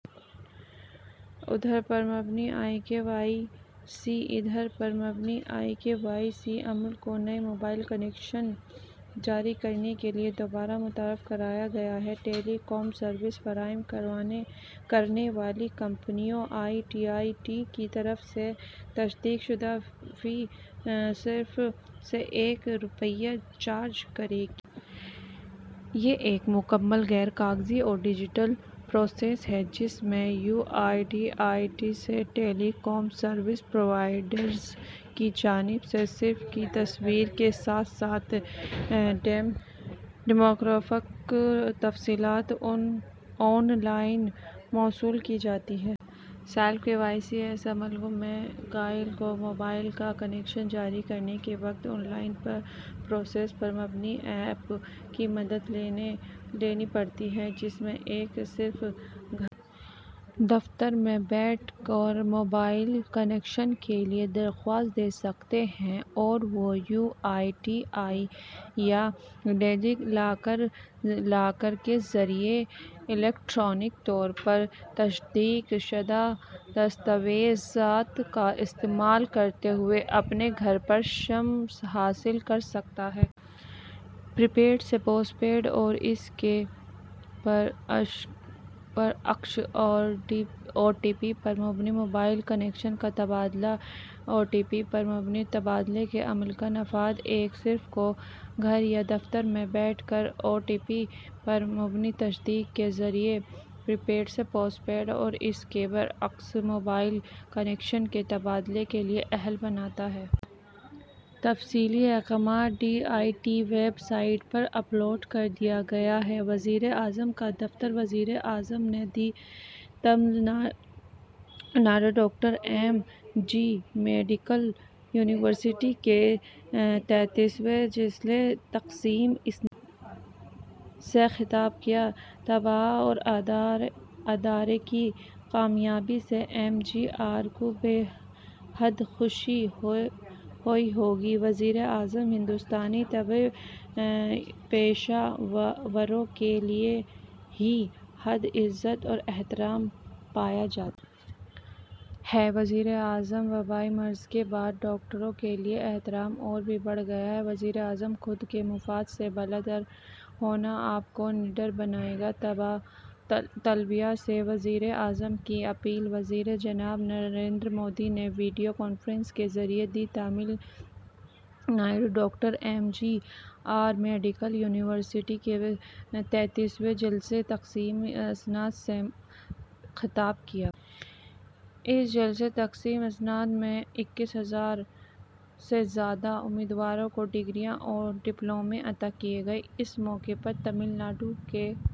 آدھار پر مبنی E K Y C Aadhaar پر مبنی ای کے وائی سی عمل کو نئے موبائل کنیکشن جاری کرنے کے لئے دوبارہ متعارف کرایا گیا ہے۔ ٹیلی کام سروس فراہم کرنے والی کمپنیاں U I D A I کی طرف سے تصدیق شدہ فی صارف سے ایک روپیہ چارج کریں گی۔ یہ ایک مکمل غیر کاغذی اور ڈیجیٹل پروسیس ہے جس میں U I D A I سے ٹیلی کام سروس پرووائیڈرز کی جانب سے صارف کی تصویر کے ساتھ ساتھ ڈیموگرافک تفصیلات آن لائن موصول کی جاتی ہیں۔ سیلف کے وائی سی اس عمل میں گاہک کو موبائل کا کنیکشن جاری کرنے کے وقت آن لائن پروسیس پر مبنی ایپ کی مدد لینی پڑتی ہے۔ جس میں ایک صارف گھر یا دفتر میں بیٹھ کر موبائل کنیکشن کے لئے درخواست دے سکتا ہے اور وہ U I D A I یا ڈیجی لاکر کے ذریعہ الیکٹرانک طور پر تصدیق شدہ دستاویزات کا استعمال کرتے ہوئے اپنے گھر پر سم حاصل کر سکتا ہے۔ پرپیڈ سے پوسٹ پیڈ اور اس کے برعکس او ٹی پی پر مبنی موبائل کنیکشن کا تبادلہ او ٹی پی پر مبنی تبادلے کے عمل کا نفاذ ایک صارف کو گھر یا دفتر میں بیٹھ کر او ٹی پی پر مبنی تصدیق کے ذریعہ پرپیڈ سے پوسٹ پیڈ اور اس کے برعکس موبائل کنیکشن کے تبادلے کے لئے اہل بناتا ہے۔ تفصیلی احکامات D O T website پر اپلوڈ کر دیا گیا ہے۔ وزیراعظم کا دفتر وزیر اعظم نے the Tamil Nadu doctor M G R medical university کے تینتیسویں جلسہ تقسیم اسناد سے خطاب کیا طلباء اور ادارے کی کامیابی سے ایم جی آر کو بے حد خوشی ہوئی ہوگی وزیر اعظم ہندوستانی طبی پیشہ وروں کے لئے بے حد عزت اور احترام پایا جاتا ہے وزیر اعظم وبائی مرض کے بعد ڈاکٹروں کے لئے احترام اور بھی بڑھ گیا ہے وزیر اعظم خود کے مفاد سے بالا تر ہونا آپ کو نڈر بنائے گا طلباء سے وزیر اعظم کی اپیل وزیر جناب نریندر مودی نے ویڈیو کانفرنس کے ذریعے the Tamil Nadu doctor M G R medical university کے تینتیسویں جلسہ تقسیم اسناد سے خطاب کیا۔ اس جلسہ تقسیم اسناد میں اکیس ہزار سے زیادہ امیدواروں کو ڈگریاں اور ڈپلومے عطا کئے گئے۔ اس موقع پر تمل ناڈو کے